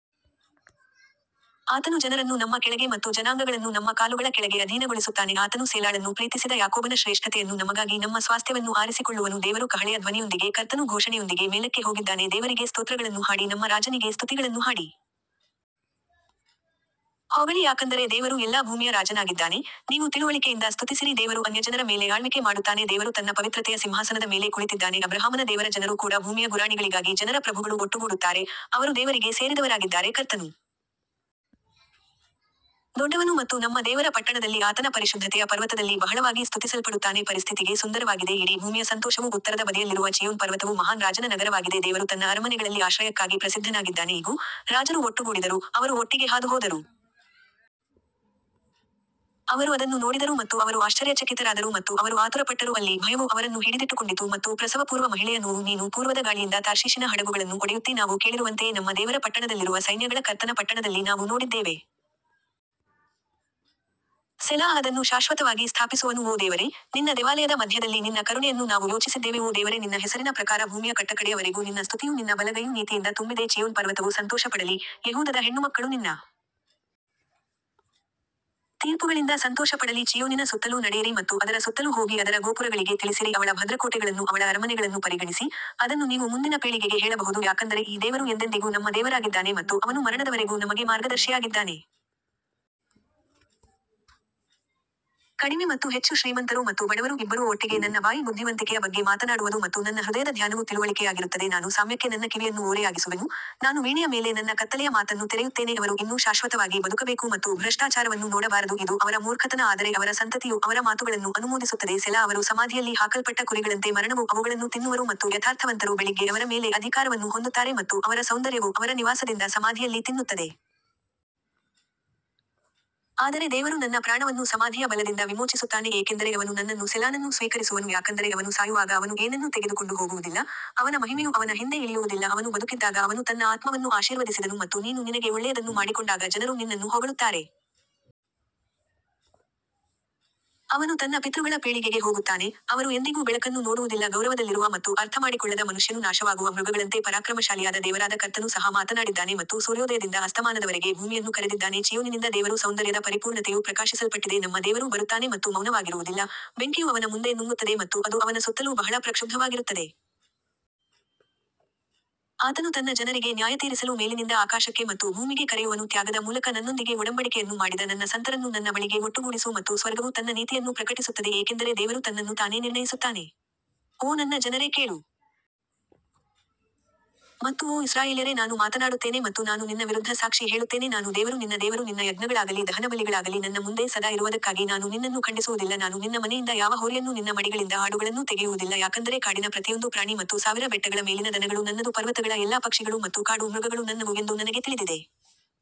ಆತನು ಜನರನ್ನು ನಮ್ಮ ಕೆಳಗೆ ಮತ್ತು ಜನಾಂಗಗಳನ್ನು ನಮ್ಮ ಕಾಲುಗಳ ಕೆಳಗೆ ಅಧೀನಗೊಳಿಸುತ್ತಾನೆ ಆತನು ಸೇಲಾಳನ್ನು ಪ್ರೀತಿಸಿದ ಯಾಕೋಬನ ಶ್ರೇಷ್ಠತೆಯನ್ನು ನಮಗಾಗಿ ನಮ್ಮ ಸ್ವಾಸ್ತ್ಯವನ್ನು ಆರಿಸಿಕೊಳ್ಳುವನು ದೇವರು ಕಹಳೆಯ ಧ್ವನಿಯೊಂದಿಗೆ ಕರ್ತನು ಘೋಷಣೆಯೊಂದಿಗೆ ಮೇಲಕ್ಕೆ ಹೋಗಿದ್ದಾನೆ ದೇವರಿಗೆ ಸ್ತೋತ್ರಗಳನ್ನು ಹಾಡಿ ನಮ್ಮ ರಾಜನಿಗೆ ಸ್ತುತಿಗಳನ್ನು ಹಾಡಿ ಹೊಗಳಿ ಯಾಕಂದರೆ ದೇವರು ಎಲ್ಲಾ ಭೂಮಿಯ ರಾಜನಾಗಿದ್ದಾನೆ, ನೀವು ತಿಳುವಳಿಕೆಯಿಂದ ಸ್ತುತಿಸಿರಿ ದೇವರು ಅನ್ಯಜನರ ಮೇಲೆ ಆಳ್ವಿಕೆ ಮಾಡುತ್ತಾನೆ ದೇವರು ತನ್ನ ಪವಿತ್ರತೆಯ ಸಿಂಹಾಸನದ ಮೇಲೆ ಕುಳಿತಿದ್ದಾನೆ ಅಬ್ರಹಾಮನ ದೇವರ ಜನರು ಕೂಡ ಭೂಮಿಯ ಗುರಾಣಿಗಳಿಗಾಗಿ ಜನರ ಪ್ರಭುಗಳು ಒಟ್ಟುಗೂಡುತ್ತಾರೆ, ಅವರು ದೇವರಿಗೆ ಸೇರಿದವರಾಗಿದ್ದಾರೆ ಕರ್ತನು ದೊಡ್ಡವನು ಮತ್ತು ನಮ್ಮ ದೇವರ ಪಟ್ಟಣದಲ್ಲಿ ಆತನ ಪರಿಶುದ್ಧತೆಯ ಪರ್ವತದಲ್ಲಿ ಬಹಳವಾಗಿ ಸ್ತುತಿಸಲ್ಪಡುತ್ತಾನೆ ಪರಿಸ್ಥಿತಿಗೆ ಸುಂದರವಾಗಿದೆ ಇಡೀ ಭೂಮಿಯ ಸಂತೋಷವು ಉತ್ತರದ ಬದಿಯಲ್ಲಿರುವ ಚೀಯೋನ್ ಪರ್ವತವು ಮಹಾನ್ ರಾಜನ ನಗರವಾಗಿದೆ ದೇವರು ತನ್ನ ಅರಮನೆಗಳಲ್ಲಿ ಆಶ್ರಯಕ್ಕಾಗಿ ಪ್ರಸಿದ್ಧನಾಗಿದ್ದಾನೆ ಇಗೋ, ರಾಜರು ಒಟ್ಟುಗೂಡಿದರು, ಅವರು ಒಟ್ಟಿಗೆ ಹಾದುಹೋದರು ಅವರು ಅದನ್ನು ನೋಡಿದರು ಮತ್ತು ಅವರು ಆಶ್ಚರ್ಯಚಕಿತರಾದರು ಮತ್ತು ಅವರು ಆತುರಪಟ್ಟರು ಅಲ್ಲಿ ಭಯವು ಅವರನ್ನು ಹಿಡಿದಿಟ್ಟುಕೊಂಡಿತು ಮತ್ತು ಪ್ರಸವಪೂರ್ವ ಮಹಿಳೆಯ ನೋವು ನೀನು ಪೂರ್ವದ ಗಾಳಿಯಿಂದ ತಾರ್ಷೀಷಿನ ಹಡಗುಗಳನ್ನು ಒಡೆಯುತ್ತೀ ನಾವು ಕೇಳಿರುವಂತೆಯೇ ನಮ್ಮ ದೇವರ ಪಟ್ಟಣದಲ್ಲಿರುವ ಸೈನ್ಯಗಳ ಕರ್ತನ ಪಟ್ಟಣದಲ್ಲಿ ನಾವು ನೋಡಿದ್ದೇವೆ ಸೆಲಾಹ್ ಅದನ್ನು ಶಾಶ್ವತವಾಗಿ ಸ್ಥಾಪಿಸುವನು ಓ ದೇವರೇ, ನಿನ್ನ ದೇವಾಲಯದ ಮಧ್ಯದಲ್ಲಿ ನಿನ್ನ ಕರುಣೆಯನ್ನು ನಾವು ಯೋಚಿಸಿದ್ದೇವೆ ಓ ದೇವರೇ ನಿನ್ನ ಹೆಸರಿನ ಪ್ರಕಾರ ಭೂಮಿಯ ಕಟ್ಟಕಡೆಯ ವರೆಗೂ ನಿನ್ನ ಸ್ತುತಿಯು ನಿನ್ನ ಬಲಗೈಯು ನೀತಿಯಿಂದ ತುಂಬಿದೆ ಚೀಯೋನ್ ಪರ್ವತವು ಸಂತೋಷಪಡಲಿ, ಯೆಹೂದದ ಹೆಣ್ಣುಮಕ್ಕಳು ನಿನ್ನ ತೀರ್ಪುಗಳಿಂದ ಸಂತೋಷಪಡಲಿ ಚೀಯೋನಿನ ಸುತ್ತಲೂ ನಡೆಯಿರಿ ಮತ್ತು ಅದರ ಸುತ್ತಲೂ ಹೋಗಿ ಅದರ ಗೋಪುರಗಳಿಗೆ ತಿಳಿಸಿರಿ ಅವಳ ಭದ್ರಕೋಟೆಗಳನ್ನು ಅವಳ ಅರಮನೆಗಳನ್ನು ಪರಿಗಣಿಸಿ, ಅದನ್ನು ನೀವು ಮುಂದಿನ ಪೀಳಿಗೆಗೆ ಹೇಳಬಹುದು ಯಾಕಂದರೆ ಈ ದೇವರು ಎಂದೆಂದಿಗೂ ನಮ್ಮ ದೇವರಾಗಿದ್ದಾನೆ ಮತ್ತು ಅವನು ಮರಣದವರೆಗೂ ನಮಗೆ ಮಾರ್ಗದರ್ಶಿಯಾಗಿದ್ದಾನೆ ಕಡಿಮೆ ಮತ್ತು ಹೆಚ್ಚು ಶ್ರೀಮಂತರು ಮತ್ತು ಬಡವರು ಇಬ್ಬರೂ ಒಟ್ಟಿಗೆ ನನ್ನ ಬಾಯಿ ಬುದ್ಧಿವಂತಿಕೆಯ ಬಗ್ಗೆ ಮಾತನಾಡುವದು ಮತ್ತು ನನ್ನ ಹೃದಯದ ಧ್ಯಾನವು ತಿಳುವಳಿಕೆಯಾಗಿರುತ್ತದೆ ನಾನು ಸಾಮ್ಯಕ್ಕೆ ನನ್ನ ಕಿವಿಯನ್ನು ಓರೆಯಾಗಿಸುವೆನು, ನಾನು ವೀಣೆಯ ಮೇಲೆ ನನ್ನ ಕತ್ತಲೆಯ ಮಾತನ್ನು ತೆರೆಯುತ್ತೇನೆ ಅವರು ಇನ್ನೂ ಶಾಶ್ವತವಾಗಿ ಬದುಕಬೇಕು ಮತ್ತು ಭ್ರಷ್ಟಾಚಾರವನ್ನು ನೋಡಬಾರದು ಇದು ಅವರ ಮೂರ್ಖತನ ಆದರೆ ಅವರ ಸಂತತಿಯು ಅವರ ಮಾತುಗಳನ್ನು ಅನುಮೋದಿಸುತ್ತದೆ ಸೆಲಾ ಅವರು ಸಮಾಧಿಯಲ್ಲಿ ಹಾಕಲ್ಪಟ್ಟ ಕುರಿಗಳಂತೆ ಮರಣವು ಅವುಗಳನ್ನು ತಿನ್ನುವರು ಮತ್ತು ಯಥಾರ್ಥವಂತರು ಬೆಳಿಗ್ಗೆ ಅವರ ಮೇಲೆ ಅಧಿಕಾರವನ್ನು ಹೊಂದುತ್ತಾರೆ ಮತ್ತು ಅವರ ಸೌಂದರ್ಯವು ಅವರ ನಿವಾಸದಿಂದ ಸಮಾಧಿಯಲ್ಲಿ ತಿನ್ನುತ್ತದೆ. ಆದರೆ ದೇವರು ನನ್ನ ಪ್ರಾಣವನ್ನು ಸಮಾಧಿಯ ಬಲದಿಂದ ವಿಮೋಚಿಸುತ್ತಾನೆ ಏಕೆಂದರೆ ಅವನು ನನ್ನನ್ನು ಸೆಲಾನನ್ನು ಸ್ವೀಕರಿಸುವನು ಯಾಕಂದರೆ ಅವನು ಸಾಯುವಾಗ ಅವನು ಏನನ್ನೂ ತೆಗೆದುಕೊಂಡು ಹೋಗುವುದಿಲ್ಲ, ಅವನ ಮಹಿಮೆಯು ಅವನ ಹಿಂದೆ ಇಳಿಯುವುದಿಲ್ಲ ಅವನು ಬದುಕಿದ್ದಾಗ ಅವನು ತನ್ನ ಆತ್ಮವನ್ನು ಆಶೀರ್ವದಿಸಿದನು ಮತ್ತು ನೀನು ನಿನಗೆ ಒಳ್ಳೆಯದನ್ನು ಮಾಡಿಕೊಂಡಾಗ ಜನರು ನಿನ್ನನ್ನು ಹೊಗಳುತ್ತಾರೆ. ಅವನು ತನ್ನ ಪಿತೃಗಳ ಪೀಳಿಗೆಗೆ ಹೋಗುತ್ತಾನೆ, ಅವರು ಎಂದಿಗೂ ಬೆಳಕನ್ನು ನೋಡುವುದಿಲ್ಲ ಗೌರವದಲ್ಲಿರುವ ಮತ್ತು ಅರ್ಥಮಾಡಿಕೊಳ್ಳದ ಮನುಷ್ಯನು ನಾಶವಾಗುವ ಮೃಗಗಳಂತೆ ಪರಾಕ್ರಮಶಾಲಿಯಾದ ದೇವರಾದ ಕರ್ತನು ಸಹ ಮಾತನಾಡಿದ್ದಾನೆ ಮತ್ತು ಸೂರ್ಯೋದಯದಿಂದ ಅಸ್ತಮಾನದವರೆಗೆ ಭೂಮಿಯನ್ನು ಕರೆದಿದ್ದಾನೆ ಚೀಯೋನಿನಿಂದ ದೇವರು ಸೌಂದರ್ಯದ ಪರಿಪೂರ್ಣತೆಯು ಪ್ರಕಾಶಿಸಲ್ಪಟ್ಟಿದೆ ನಮ್ಮ ದೇವರು ಬರುತ್ತಾನೆ ಮತ್ತು ಮೌನವಾಗಿರುವುದಿಲ್ಲ, ಬೆಂಕಿಯು ಅವನ ಮುಂದೆ ನುಂಗುತ್ತದೆ ಮತ್ತು ಅದು ಅವನ ಸುತ್ತಲೂ ಬಹಳ ಪ್ರಕ್ಷುಬ್ಧವಾಗಿರುತ್ತದೆ. ಆತನು ತನ್ನ ಜನರಿಗೆ ನ್ಯಾಯತೀರಿಸಲು ಮೇಲಿನಿಂದ ಆಕಾಶಕ್ಕೆ ಮತ್ತು ಭೂಮಿಗೆ ಕರೆಯುವನು ತ್ಯಾಗದ ಮೂಲಕ ನನ್ನೊಂದಿಗೆ ಒಡಂಬಡಿಕೆಯನ್ನು ಮಾಡಿದ ನನ್ನ ಸಂತರನ್ನು ನನ್ನ ಬಳಿಗೆ ಒಟ್ಟುಗೂಡಿಸು ಮತ್ತು ಸ್ವರ್ಗವು ತನ್ನ ನೀತಿಯನ್ನು ಪ್ರಕಟಿಸುತ್ತದೆ ಏಕೆಂದರೆ ದೇವರು ತನ್ನನ್ನು ತಾನೇ ನಿರ್ಣಯಿಸುತ್ತಾನೆ. ಓ ನನ್ನ ಜನರೇ ಕೇಳು ಮತ್ತು ಓ ಇಸ್ರಾಯೇಲ್ಯರೇ ನಾನು ಮಾತನಾಡುತ್ತೇನೆ ಮತ್ತು ನಾನು ನಿನ್ನ ವಿರುದ್ಧ ಸಾಕ್ಷಿ ಹೇಳುತ್ತೇನೆ ನಾನು ದೇವರು ನಿನ್ನ ದೇವರು ನಿನ್ನ ಯಜ್ಞಗಳಾಗಲಿ ದಹನಬಲಿಗಳಾಗಲಿ ನನ್ನ ಮುಂದೆ ಸದಾ ಇರುವದಕ್ಕಾಗಿ ನಾನು ನಿನ್ನನ್ನು ಖಂಡಿಸುವುದಿಲ್ಲ ನಾನು ನಿನ್ನ ಮನೆಯಿಂದ ಯಾವ ಹೋರಿಯನ್ನೂ ನಿನ್ನ ಮಡಿಗಳಿಂದ ಆಡುಗಳನ್ನೂ ತೆಗೆಯುವುದಿಲ್ಲ ಯಾಕಂದರೆ ಕಾಡಿನ ಪ್ರತಿಯೊಂದು ಪ್ರಾಣಿ ಮತ್ತು ಸಾವಿರ ಬೆಟ್ಟಗಳ ಮೇಲಿನ ದನಗಳು ನನ್ನದು ಪರ್ವತಗಳ ಎಲ್ಲಾ ಪಕ್ಷಿಗಳು ಮತ್ತು ಕಾಡು ಮೃಗಗಳು ನನ್ನವು ಎಂದು ನನಗೆ ತಿಳಿದಿದೆ.